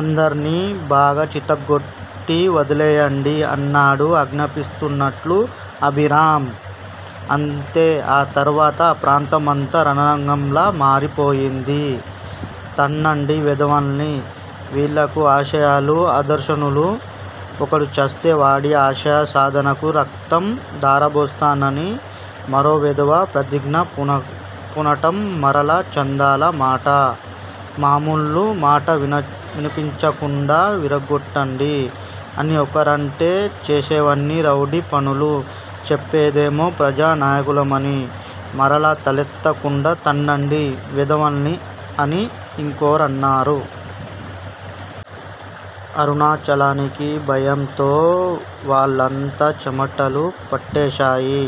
అందర్నీ బాగా చితగ్గొట్టి వదిలేయండి అన్నాడు అజ్ఞాపిస్తున్నట్లు అభిరామ్. అంతే-ఆ తర్వాత ఆ ప్రాంతమంతా రణరంగంలా మారిపోయింది. తన్నండీ వెధవల్ని. వీళ్ళకు ఆశయాలు, ఆదర్శాలూనూ! ఒకడు చస్తే వాడి ఆశయ సాధనకు రక్తం ధారబోస్తానని మరో వెధవ ప్రతిజ్ఞ పూనటం మరలా చందాల మాట, మామూళ్ళు మాట వినిపించకుండా విరగ్గొట్టండి అని ఒకరంటే- చేసేవన్నీ రౌడీ పనులు చెప్పేదేమో ప్రజా నాయకులమని మరలా తలెత్తకుండా తన్నండి వెధవల్ని అని ఇంకొరన్నారు. అరుణాచలానికి భయంతో వళ్ళంతా చెమటలు పట్టేశాయి.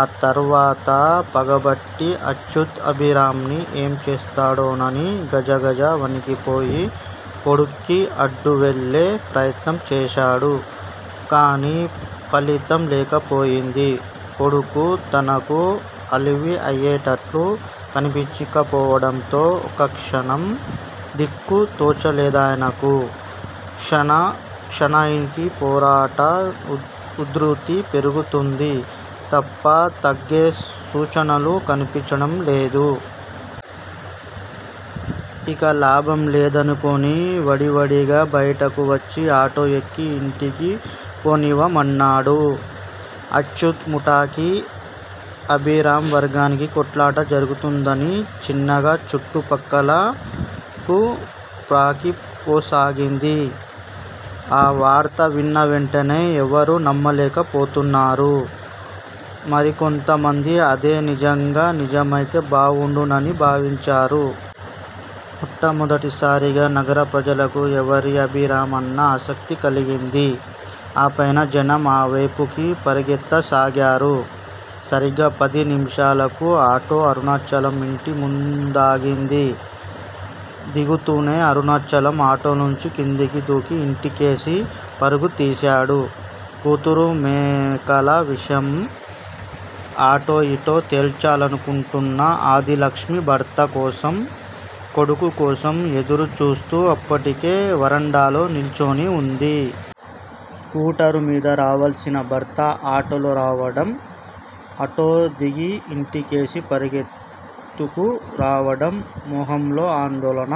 ఆ తరువాత పగబట్టి అచ్యుత్ అభిరామ్ ని ఏం చేస్తాడోనని గజగజా వణికిపోయి కొడుక్కి అడ్డు వెళ్ళే ప్రయత్నం చేశాడు. కానీ ఫలితం లేకపోయింది. కొడుకు తనకు అలివి అయేటట్లు కనిపించకపోవడంతో ఓక్కక్షణం దిక్కు తోచలేదాయనకు. క్షణ క్షనైకి పోరాట ఉధృతి పెరుగుతోంది తప్ప తగ్గే సూచనలు కనిపించడం లేదు. ఇక లాభం లేదనుకొని వడివడిగా బయటకు వచ్చి ఆటో యెక్కి యింటికి పోనివ్వమన్నాడు. అచ్యుత్ ముఠాకి, అభిరామ్ వర్గానికి కొట్లాట జరుగుతోందని చిన్నగా చుట్టు ప్రక్కలకు ప్రాకిపోసాగింది. ఆ వార్త విన్న వెంటనే ఎవరూ నమ్మలేకపోతున్నారు. మరికొంత మంది అది నిజంగా నిజమైతే బావుండని భావించారు. మొట్టమొదటిసారి నగర ప్రజలకు ఎవరీ అభిరామ్ అన్న ఆసక్తి కలిగింది. ఆపైన జనం ఆ వేపుకి పరిగెత్తసాగారు. సరిగ్గా పది నిముషాలకు ఆటో అరుణాచలం ఇంటి ముందాగింది. దిగుతూనే అరుణాచలం ఆటోలోంచి క్రిందికి దూకి ఇంటికేసి పరుగు తీశాడు. కూతురు మేఖల విషయం అటో యిటో తేల్చాలనుకుంటున్న ఆదిలక్ష్మి భర్త కోసం, కొడుకు కోసం యెదురు చూస్తూ అప్పటికే వరండాలో నిల్చుని వుంది. స్కూటర్ మీద రావాల్సిన భర్త ఆటోలో రావటం, ఆటో దిగి ఇంటికేసి పరుగెత్తుకు రావటం, మొహంలో ఆందోళన,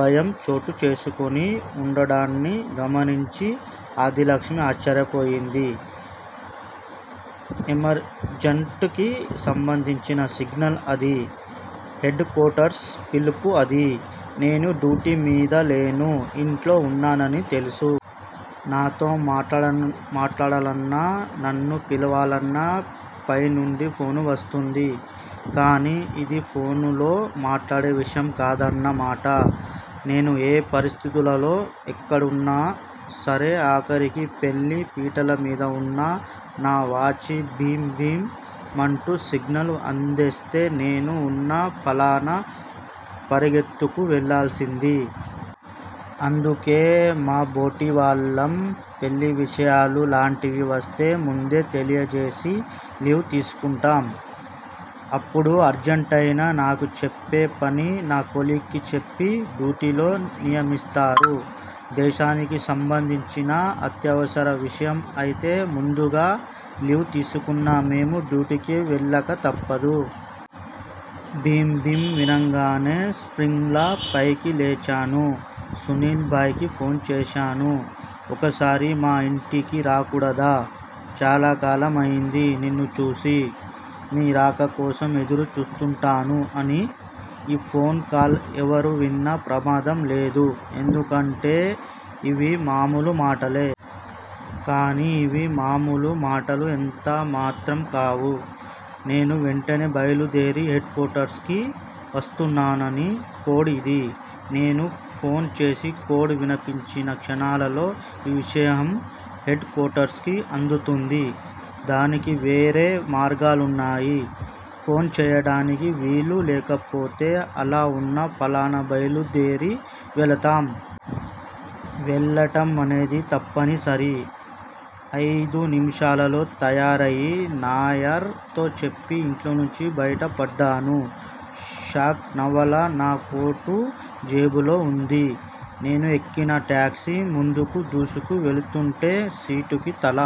భయం చోటుచేసుకుని వుండటాన్ని గమనించి ఆదిలక్ష్మి ఆశ్చర్యపోయింది. యమర్జంట్ కి సంబంధించిన సిగ్నల్ అది. హెడ్ కోర్టర్స్ పిలుపు అది. నేను డ్యూటీమీద లేను. ఇంట్లో వున్నానని తెలుసు. నాతో మాట్లాడాలన్నా నన్ను పిలవాలన్నా పై నుండి ఫోను వస్తుంది. కానీ ఇది ఫోనులో మాట్లాడే విషయం కాదన్న మాట. నేను ఏ పరిస్థితులలో ఎక్కడవున్నా సరే ఆఖరికి పెళ్ళి పీటలమీద వున్నా నా వాచీ బీమ్ బీమ్ మంటూ సిగ్నల్స్ అందిస్తే నేను వున్న పళాన పరుగెత్తుకు వెళ్ళాల్సిందీ అందుకే మాబోటివాళ్ళం పెళ్ళివిషయాలు లాంటివి వస్తే ముందే తెలియజేసి లీవ్ తీసుకుంటాం. అప్పుడు అర్జంట్ అయినా నాకు చెప్పే పని నా కొలీగ్ కి చెప్పి డ్యూటీలో నియమిస్తారు. దేశానికి సంబంధించిన అత్యవసర విషయం అయితే ముందుగా లీవ్ తీసుకున్నా మేము డ్యూటీకి వెళ్ళక తప్పదు. బీమ్ బీమ్ వినంగానే స్ప్రింగ్ లా పైకిలేచాను. సునీల్ భాయ్ కి ఫోన్ చేశాను. ఓక సారి మా ఇంటికి రాకూడదా! చాలాకాలం అయింది నిన్ను చూసి. నీ రాక కోసం ఎదురు చూస్తుంటాను అని. ఈ ఫోన్ కాల్ ఎవరు విన్నా ప్రమాదం లేదు. ఎందుకంటే ఇవి మామూలు మాటలు. కాని ఇవి మామూలు మాటలు ఎంత మాత్రం కావు. నేను వెంటనే బైలుదేరి హెడ్ కోర్టర్స్ కి వస్తునాన్నని కోడ్ ఇది. నేను ఫోను చేసి కోడ్ వినిపించిన క్షణాలలో ఈ విషయం హెడ్ కోర్టర్స్ కి అందుతుంది. దానికి వేరే మార్గాలున్నాయి. ఫోన్ చేయటానికి వీలు లేకపోతే అలా వున్న పళాన బైలుదేరి వెళతాం. వెళ్లటం అనేది తప్పని సరి. అయిదు నిమిషాలలో తయారయి నాయర్ తో చెప్పి ఇంట్లోంచి బయటపడ్డాను. షాక్ నవల నా కోటు జేబులో వుంది. నేను ఎక్కిన టాక్సీ ముందుకు దూసుకు వెళుతుంటే సీటుకి తల